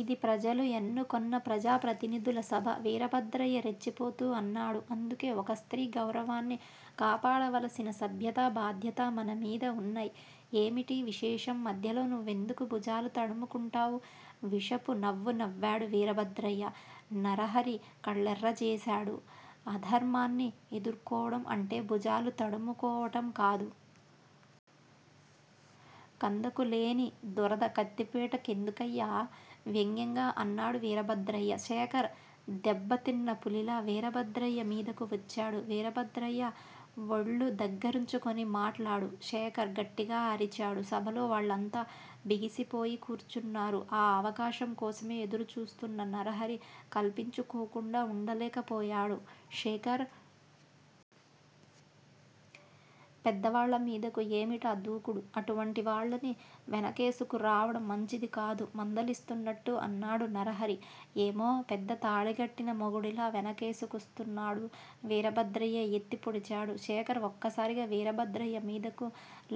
ఇది ప్రజలు ఎన్నుకొన్న ప్రజా ప్రతినిధుల సభ! వీరభద్రయ్య రెచ్చిపోతూ అన్నాడు. అందుకే ఒక స్త్రీ గౌరవాన్ని కాపాడవలసిన సభ్యతా, బాధ్యతా మన మీద వున్నాయ్! ఏమిటి విశేషం! మధ్యలో నువ్వెందుకు భుజాలు తడుముకుంటావ్! విషపు నవ్వు నవ్వాడు వీరభద్రయ్య, నరహరి కళ్ళెర్రజేశాడు. అధర్మాన్ని ఎదుర్కోవడం అంటే భుజాలు తడుము కోవటంకాదు. కందకు లేని దురద కత్తిపీట కెందుకయ్యా? వ్యంగ్యంగా అన్నాడు వీరభద్రయ్య. శేఖర్ దెబ్బతిన్న పులిలా వీరభద్రయ్య మీదకు వచ్చాడు. వీరభద్రయ్యా! వళ్ళు దగ్గరుంచుకొని మాట్లాడు! శేఖర్ గట్టిగా అరిచాడు. సభలో వాళ్ళంతా బిగిసిపోయి కూర్చున్నారు. ఆ అవకాశం కోసమే ఎదురుచూస్తున్న నరహరి కల్పించుకోకుండా వుండలేకపోయాడు. శేఖర్! పెద్దవాళ్ళమీదకు ఏమిటా దూకుడు? అటువంటివాళ్ళను వెనకేసుకు రావడం మంచిదికాదు మందలిస్తున్నట్టు అన్నాడు నరహరి. ఏమో పెద్ద తాళిగట్టిన మొగుడిలా వెనకేసుకొస్తున్నాడు! వీరభద్రయ్య ఎత్తి పొడిచాడు. శేఖర్ ఒక్కసారిగా వీరభద్రయ్యమీదకు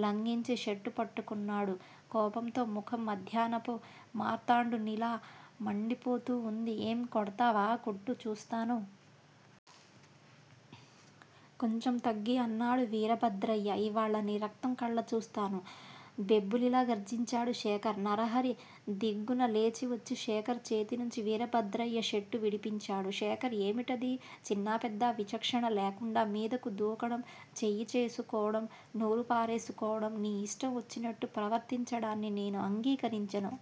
లంఘించి షర్టు పట్టుకున్నాడు. కోపంతో ముఖం మధ్యాహ్నపు మార్తాండునిలా మండిపోతూ వుంది. ఏం? కొడ్తావా? కొట్టు చూస్తాను? కొంచెం తగ్గి అన్నాడు వీరభద్రయ్య. ఇవ్వాళ నీ రక్తం కళ్ళచూస్తాను! బెబ్బులిలా గర్జించాడు శేఖర్! నరహరి దిగ్గున లేచివచ్చి శేఖర్ చేతినుంచి వీరభద్రయ్య షర్టు విడిపించాడు. శేఖర్ ఏమిటిది? చిన్నా పెద్దా విచక్షణలేకుండా మీదకు దూకడం, చెయ్యి చేసుకోవడం, నోరు పారేసుకోవడం. నీ యిష్టం వచ్చినట్టు ప్రవర్తించడాన్ని నేను అంగీకరించను.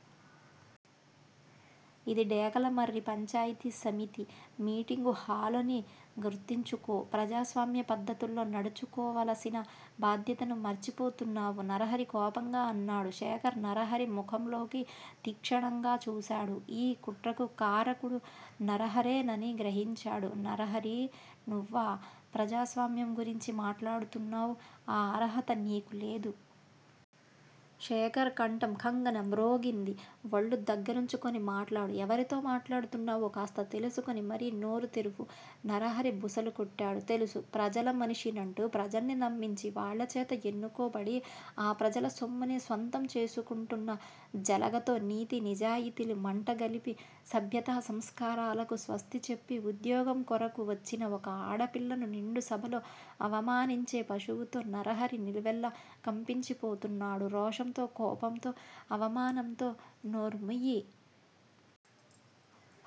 ఇది డేగలమర్రి పంచాయితీ సమితి మీటింగు హాలని గుర్తించుకో! ప్రజాస్వామ్య పద్ధతుల్లో నడుచుకోవలసిన బాధ్యతను మర్చిపోతున్నావు నరహరి కోపంగా అన్నాడు. శేఖర్ నరహరి ముఖంలోకి తీక్షణంగా చూశాడు. ఈ కుట్రకు కారకుడు నరహరేనని గ్రహించాడు. నరహరీ! నువ్వా ప్రజాస్వామ్యం గురించి మాట్లాడుతున్నావ్? ఆ అర్హత నీకు లేదు! శేఖర్ కంఠం ఖంగ్ న మ్రోగింది. వళ్ళు దగ్గరుంచుకొని మాట్లాడు. ఎవరితో మాట్లాడుతున్నావో కాస్త తెలుసుకొని మరీ నోరు తెరువు! నరహరి బుసలు కొట్టాడు. తెలుసు! ప్రజలమనిషినంటూ ప్రజల్ని నమ్మించి వాళ్ళచేత ఎన్నుకోబడి, ఆ ప్రజల సొమ్మునే స్వంతం చేసుకుంటున్న జెలగతో నీతి నిజాయితీలు మంటగలిపి సభ్యతా సంస్కారాలకు స్వస్తి చెప్పి ఉద్యోగంకొరకు వచ్చిన ఒక ఆడపిల్లను నిండు సభలో అవమానించే పశువుతో నరహరి నిలువెల్లా కంపించిపోతున్నాడు రోషంతో, కోపంతో అవమానంతో నోరుముయ్యి!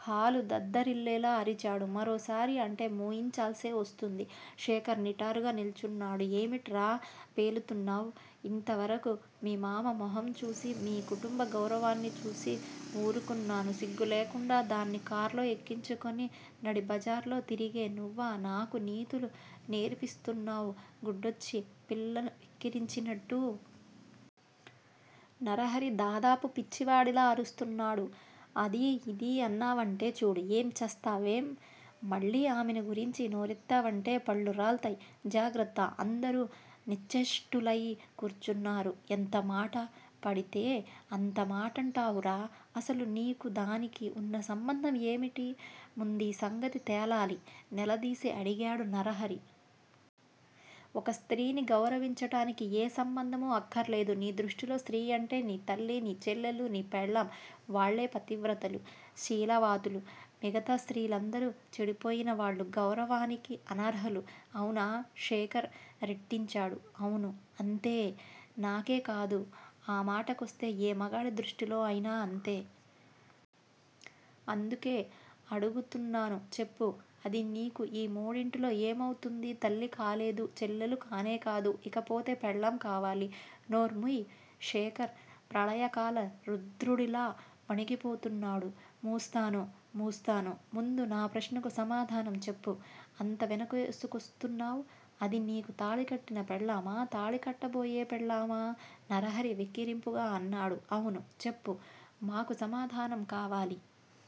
హాలు దద్దరిల్లేలా అరిచాడు. మరోసారి అంటే మూయించాల్సే వస్తుంది! శేఖర్ నిటారుగా నిల్చున్నాడు. ఏమిట్రా పేలుతున్నావ్? ఇంతవరకూ మీ మామ మొహంచూసీ, మీ కుటుంబ గౌరవాన్నిచూసీ ఊరుకున్నాను. సిగ్గులేకుండా దాన్ని కార్లో ఎక్కించుకుని నడిబజార్లో తిరిగే నువ్వా నాకు నీతులు నేర్పిస్తున్నావ్. గుడ్డొచ్చి పిల్లను వెక్కిరించినట్టు? నరహరి దాదాపు పిచ్చివాడిలా అరుస్తున్నాడు. అదీ ఇదీ అన్నావంటే చూడు ఏంచస్తా వేం? మళ్ళీ ఆమెనుగురించి నోరెత్తావంటే పళ్ళు రాల్తాయ్! జాగ్రత్త! అందరూ నిశ్చేష్టులై కూర్చున్నారు. ఎంతమాట పడితే అంత మాటంటావురా? అసలు నీకూ దానికి వున్న సంబంధం ఏమిటి? ముందీసంగతి తేలాలి? నిలదీసి అడిగాడు నరహరి. ఒక స్త్రీని గౌరవించడానికి ఏ సంబంధమూ అక్కర్లేదు. నీ దృష్టిలో స్త్రీ అంటే, నీ తల్లీ, నీ చెల్లెలూ, నీ పెళ్ళాం. వాళ్ళే పతివ్రతలు శీలవాతులు, మిగతా స్త్రీలందరూ చెడిపోయినవాళ్ళు. గౌరవానికి అనర్హులు. అవునా! శేఖర్ రెట్టించాడు. అవును! అంతే! నాకేకాదు ఆమాటకొస్తే ఏ మగాడి దృష్టిలో ఐనా అంతే. అందుకే అడుగుతున్నాను చెప్పు! అది నీకు ఈ మూడింటిలో ఏమౌతుంది? తల్లి కాలేదు. చెల్లెలు కానేకాదు. ఇక పోతే పెళ్ళాం కావాలి! నోరు ముయ్! శేఖర్ ప్రళయకాల రుద్రుడిలా వణికిపోతున్నాడు. మూస్తాను! మూస్తాను! ముందు నా ప్రశ్నకు సమాధానం చెప్పు! అంత వెనకేసుకొస్తున్నావ్ అది నీకు తాళికట్టిన పెళ్ళామా తాళి కట్టబోయే పెళ్ళామా! నరహరి వెక్కిరింపుగా అన్నాడు. అవును! చెప్పు! మాకు సమాధానం కావాలి!